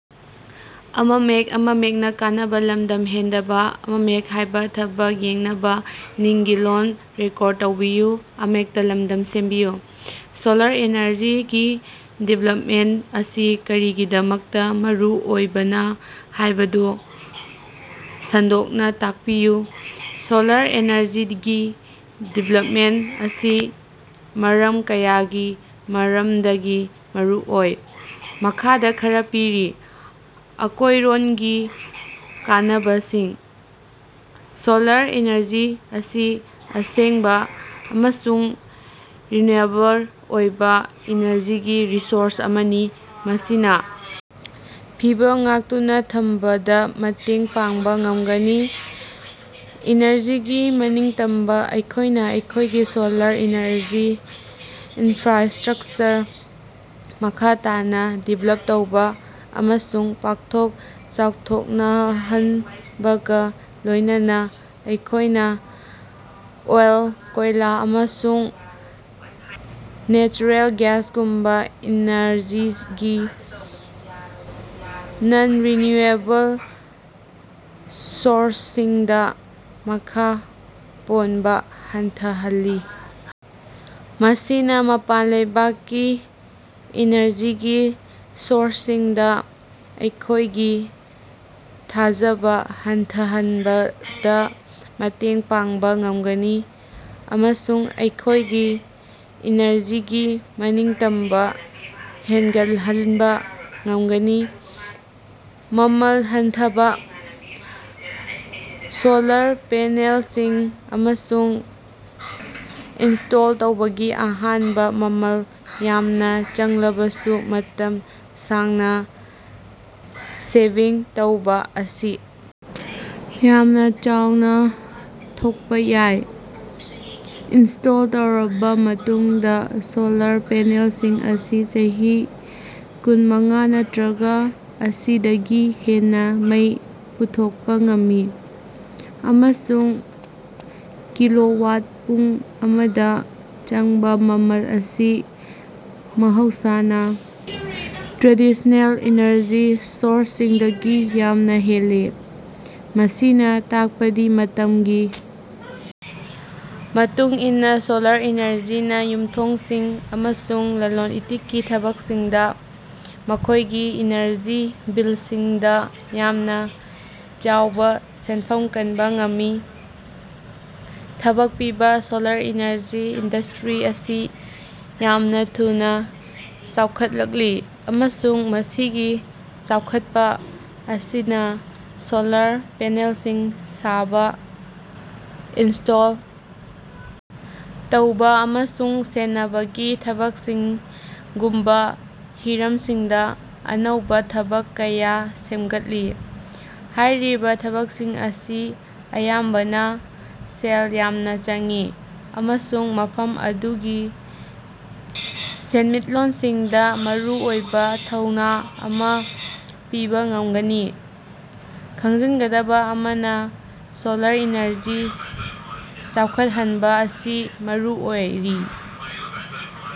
Solar ꯑꯦꯅꯔꯖꯤꯒꯤ development ꯑꯁꯤ ꯀꯔꯤꯒꯤꯗꯃꯛꯇ ꯃꯔꯨꯑꯣꯏꯕꯅ ꯍꯥꯏꯕꯗꯨ ꯁꯟꯗꯣꯛꯅ ꯇꯥꯛꯄꯤꯌꯨ꯫ ꯁꯣꯂꯥꯔ ꯑꯦꯅꯔꯖꯤꯒꯤ ꯗꯤꯚꯦꯂꯄꯃꯦꯟꯇ ꯑꯁꯤ ꯃꯔꯝ ꯀꯌꯥꯒꯤ ꯃꯔꯝꯗꯒꯤ ꯃꯔꯨꯑꯣꯏ꯫ ꯃꯈꯥꯗ ꯈꯔ ꯄꯤꯔꯤ: ꯑꯀꯣꯏꯔꯣꯟꯒꯤ ꯀꯥꯟꯅꯕꯁꯤꯡ: ꯁꯣꯂꯥꯔ ꯏꯅꯔꯖꯤ ꯑꯁꯤ ꯑꯁꯦꯡꯕ ꯑꯃꯁꯨꯡ ꯔꯤꯟꯌꯨꯑꯦꯕꯜ ꯑꯣꯏꯕ ꯏꯅꯔꯖꯤꯒꯤ ꯁꯣꯔꯁ ꯑꯃꯅꯤ꯫ ꯃꯁꯤꯅ ꯐꯤꯕꯝ ꯉꯥꯛꯇꯨꯅ ꯊꯝꯕꯗ ꯃꯇꯦꯡ ꯄꯥꯡꯕ ꯉꯝꯒꯅꯤ꯫ ꯏꯅꯔꯖꯤꯒꯤ ꯃꯅꯤꯡꯇꯝꯕ: ꯑꯩꯈꯣꯏꯅ ꯑꯩꯈꯣꯏꯒꯤ ꯁꯣꯂꯥꯔ ꯏꯅꯔꯖꯤ ꯏꯅꯐ꯭ꯔꯥꯁ꯭ꯇꯔꯛꯆꯔ ꯃꯈꯥ ꯇꯥꯅ ꯗꯤꯕ꯭ꯂꯞ ꯇꯧꯕ ꯑꯃꯁꯨꯡ ꯄꯥꯛꯊꯣꯛ ꯆꯥꯎꯊꯣꯛꯍꯅꯜꯟꯕꯒ ꯂꯣꯢꯅꯅ ꯑꯩꯈꯣꯏꯅ ꯑꯣꯏꯜ, ꯀꯣꯏꯂꯥ ꯑꯃꯁꯨꯡ ꯅꯦꯆꯔꯦꯜ ꯒ꯭ꯌꯥꯁꯒꯨꯝꯕ ꯏꯅꯔꯖꯤꯒꯤ ꯅꯟ-ꯔꯤꯟꯌꯨꯑꯦꯕꯜ ꯁꯣꯔꯁꯁꯤꯡꯗ ꯃꯈꯥ ꯄꯣꯟꯕ ꯍꯟꯊꯍꯜꯂꯤ꯫ ꯃꯁꯤꯅ ꯃꯄꯥꯟ ꯂꯩꯕꯥꯛꯀꯤ ꯏꯅꯔꯖꯤꯒꯤ ꯁꯣꯔꯁꯁꯤꯡꯗ ꯑꯩꯈꯣꯢꯒꯤ ꯊꯥꯖꯕ ꯍꯟꯊꯍꯟꯕꯗ ꯃꯇꯦꯡ ꯄꯥꯡꯕ ꯉꯝꯒꯅꯤ꯫ ꯑꯃꯁꯨꯡ ꯑꯩꯈꯣꯢꯒꯤ ꯏꯅꯔꯖꯤꯒꯤ ꯃꯅꯤꯡꯇꯝꯕ ꯍꯦꯟꯒꯠꯍꯟꯕ ꯉꯝꯒꯅꯤ꯫ ꯃꯃꯜ ꯍꯟꯊꯕ: ꯁꯣꯂꯥꯔ ꯄꯦꯅꯦꯜꯁꯤꯡ ꯑꯃꯁꯨꯡ ꯏꯅꯁ꯭ꯇꯣꯜ ꯇꯧꯕꯒꯤ ꯑꯍꯥꯟꯕ ꯃꯃꯜ ꯌꯥꯝꯅ ꯆꯪꯂꯕꯁꯨ ꯃꯇꯝ ꯁꯥꯡꯅ ꯁꯦꯚꯤꯡ ꯇꯧꯕ ꯑꯁꯤ ꯌꯥꯝꯅ ꯆꯥꯎꯅ ꯊꯣꯛꯄ ꯌꯥꯏ꯫ ꯏꯅꯁ꯭ꯇꯣꯜ ꯇꯧꯔꯕ ꯃꯇꯨꯡꯗ ꯁꯣꯂꯥꯔ ꯄꯦꯅꯦꯜꯁꯤꯡ ꯑꯁꯤ ꯆꯍꯤ ꯀꯨꯟꯃꯉꯥ ꯅꯠꯇ꯭ꯔꯒ ꯃꯁꯤꯗꯒꯤ ꯍꯦꯟꯅ ꯃꯩ ꯄꯨꯊꯣꯛꯄ ꯉꯝꯃꯤ꯫ ꯑꯃꯁꯨꯡ ꯀꯤꯂꯣꯋꯥꯠ-ꯄꯨꯡ ꯑꯃꯗ ꯆꯪꯕ ꯃꯃꯜ ꯑꯁꯤ ꯃꯍꯧꯁꯥꯅ ꯇ꯭ꯔꯦꯗꯤꯁꯅꯦꯜ ꯏꯅꯔꯖꯤ ꯁꯣꯔꯁꯁꯤꯡꯗꯒꯤ ꯌꯥꯝꯅ ꯍꯦꯜꯂꯤ꯫ ꯃꯁꯤꯅ ꯇꯥꯛꯄꯗꯤ ꯃꯇꯝꯒꯤ ꯃꯇꯨꯡ ꯏꯟꯅ ꯁꯣꯂꯔ ꯏꯅꯔꯖꯤꯅ ꯌꯨꯝꯊꯣꯡꯁꯤꯡ ꯑꯃꯁꯨꯡ ꯂꯂꯣꯟ-ꯏꯇꯤꯛꯀꯤ ꯊꯕꯛꯁꯤꯡꯗ ꯃꯈꯣꯏꯒꯤ ꯏꯅꯔꯖꯤ ꯕꯤꯜꯁꯤꯡꯗ ꯌꯥꯝꯅ ꯆꯥꯎꯕ ꯁꯦꯟꯐꯝ ꯀꯟꯕ ꯉꯝꯃꯤ꯫ ꯊꯕꯛ ꯄꯤꯕ: ꯁꯣꯂꯥꯔ ꯏꯅꯔꯖꯤ ꯏꯟꯗꯁ꯭ꯇꯔꯤ ꯑꯁꯤ ꯌꯥꯝꯅ ꯊꯨꯅ ꯆꯥꯎꯈꯠꯂꯛꯂꯤ꯫ ꯑꯃꯁꯨꯡ ꯃꯁꯤꯒꯤ ꯆꯥꯎꯈꯠꯄ ꯑꯁꯤꯅ ꯁꯣꯂꯥꯔ ꯄꯦꯅꯦꯜꯁꯤꯡ ꯁꯥꯕ, ꯏꯅꯁ꯭ꯇꯣꯜ ꯇꯧꯕ ꯑꯃꯁꯨꯡ ꯁꯦꯟꯅꯕꯒꯤ ꯊꯕꯛꯁꯤꯡꯒꯨꯝꯕ ꯍꯤꯔꯝꯁꯤꯡꯗ ꯑꯅꯧꯕ ꯊꯕꯛ ꯀꯌꯥ ꯁꯦꯝꯒꯠꯂꯤ꯫ ꯍꯥꯏꯔꯤꯕ ꯊꯕꯛꯁꯤꯡ ꯑꯁꯤ ꯑꯌꯥꯝꯕꯅ ꯁꯦꯜ ꯌꯥꯝꯅ ꯆꯪꯏ꯫ ꯑꯃꯁꯨꯡ ꯃꯐꯝ ꯑꯗꯨꯒꯤ ꯁꯦꯟꯃꯤꯠꯂꯣꯟꯁꯤꯡꯗ ꯃꯔꯨꯑꯣꯏꯕ ꯊꯧꯅꯥ ꯑꯃ ꯄꯤꯕ ꯉꯝꯒꯅꯤ꯫ ꯈꯪꯖꯤꯟꯒꯗꯕ ꯑꯃꯅ, ꯁꯣꯂꯥꯔ ꯏꯅꯔꯖꯤ ꯆꯥꯎꯈꯠꯍꯟꯕ ꯑꯁꯤ ꯃꯔꯨ ꯑꯣꯏꯔꯤ